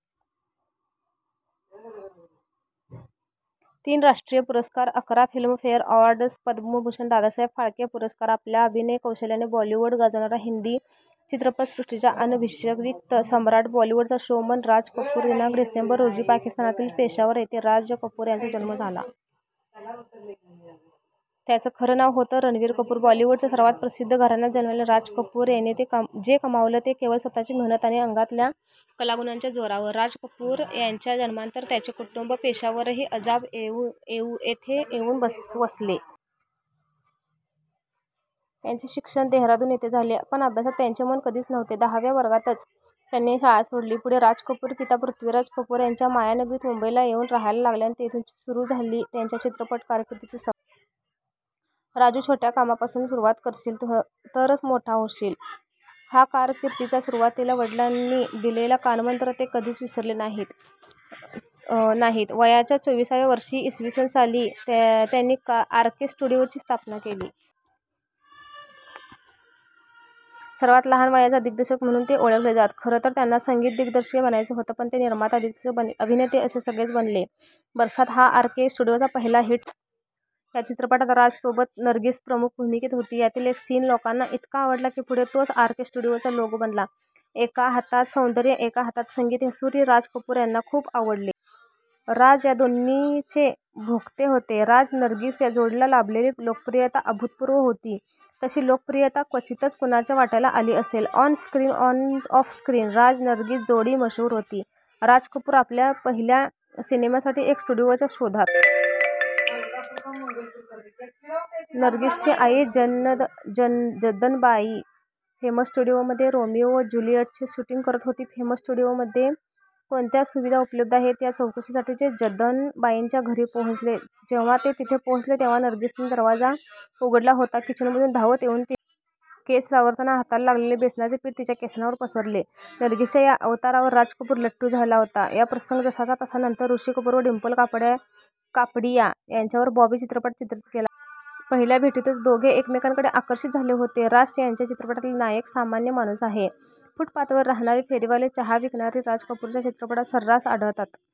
तीन राष्ट्रीय पुरस्कार, अकरा Filmfare awards, Padma Bhushan, Dadasaheb Phalke पुरस्कार. आपल्या अभिनय कौशल्याने बॉलिवूड गाजवणारा हिंदी चित्रपटसृष्टीचा अनभिषिक्त सम्राट बॉलीवूडचा ' शो मन ' राज कपूर! दि. डिसेंबर रोजी पाकिस्तानातील पेशावर येथे राज कपूर यांचा जन्म झाला. त्यांचं खरं नाव होतं रणबीर कपूर. बॉलिवुडच्या सर्वात प्रसिद्ध घराण्यात जन्मलेल्या राज कपूर यांनी जे कमावलं ते केवळ स्वतःची मेहनत आणि अंगातल्या कलागुणाच्या जोरावर. राज कपूर यांच्या जन्मानंतर त्यांचे कुटुंब पेशावरहून पंजाब येथे येऊन वसले. त्यांचे शिक्षण देहरादून येथे झाले. पण अभ्यासात त्यांचे मन कधी नव्हतेच. दहाव्या वर्गातच त्यांनी शाळा सोडली. पुढे राज कपूर, पिता पृथ्वीराज कपूर यांच्यासह मायानगरी मुंबईला येऊन रहायला लागले आणि येथून सुरू झाली त्यांच्या चित्रपट कारकीर्दीची सफर. " राजू छोट्या कामापासून सुरुवात करशील, तरच मोठा होशील! " हा कारकीर्दीच्या सुरुवातीला वडिलांनी दिलेला कानमंत्र ते कधीच विसरले नाहीत. वयाच्या चोवीसाव्या वर्षी इ. स. साली त्यांनी ' आर के स्टुडिओ ' ची स्थापना केली. सर्वात लहान वयाचा दिग्दर्शक म्हणून ते ओळखले जात. खरं तर त्यांना संगीत दिग्दर्शक बनायचं होतं. पण ते निर्माता, दिग्दर्शक, अभिनेते असे सगळेच बनले. ' बरसात ' हा आर के स्टुडिओचा पहिला हिट सिनेमा. या चित्रपटात राज सोबत नर्गीस प्रमुख भूमिकेत होती. यातील एक सीन लोकांना इतका आवडला की, पुढे तोच आर के स्टुडिओचा लोगो बनला. एका हातात सौंदर्य, एका हातात संगीत हे चित्र राज कपूर यांना खूप आवडले. राज या दोन्हीचे भोक्ते होते. राज नर्गिस या जोडीला लाभलेली लोकप्रियता अभूतपूर्व होती. तशी लोकप्रियता क्वचितच कुणाच्या वाट्याला आली असेल. On screen, off screen Raj Nargis जोडी मशहूर होती. राज कपूर आपल्या पहिल्या सिनेमासाठी एका स्टुडिओच्या शोधात होते. नर्गिसची आई जद्दनबाई फेमस स्टुडिओमध्ये रोमिओ ज्युलिएटचे शूटिंग करत होती. फेमस स्टुडिओमध्ये कोणत्या सुविधा उपलब्ध आहेत या चौकशीसाठी ते जद्दनबाईंच्या घरी पोहोचले. जेंव्हा ते तिथे पोहोचले, तेंव्हा नर्गिसने दरवाजा उघडला होता. किचनमधून धावत येऊन तिने दरवाजा उघडला तेंव्हा ती पकोडे तळत होती. केस सावरताना हाताला लागलेले बेसनाचे पीठ तिच्या केसांवर पसरले. नर्गिसच्या या अवतारावर राज कपूर लट्टू झाला होता. हा प्रसंग जसाचा तसा नंतर ऋषी कपूर व डिंपल कापडिया यांच्यावर बॉबी चित्रपटात चित्रित केला गेला. पहिल्या भेटीतच दोघे एकमेकांकडे आकर्षित झाले होते. राज यांच्या चित्रपटातील नायक सामान्य माणूस आहे. फूटपाथवर राहणारे, फेरीवाले, चहा विकणारे राज कपूरच्या चित्रपटात सर्रास आढळतात. गरीबीचे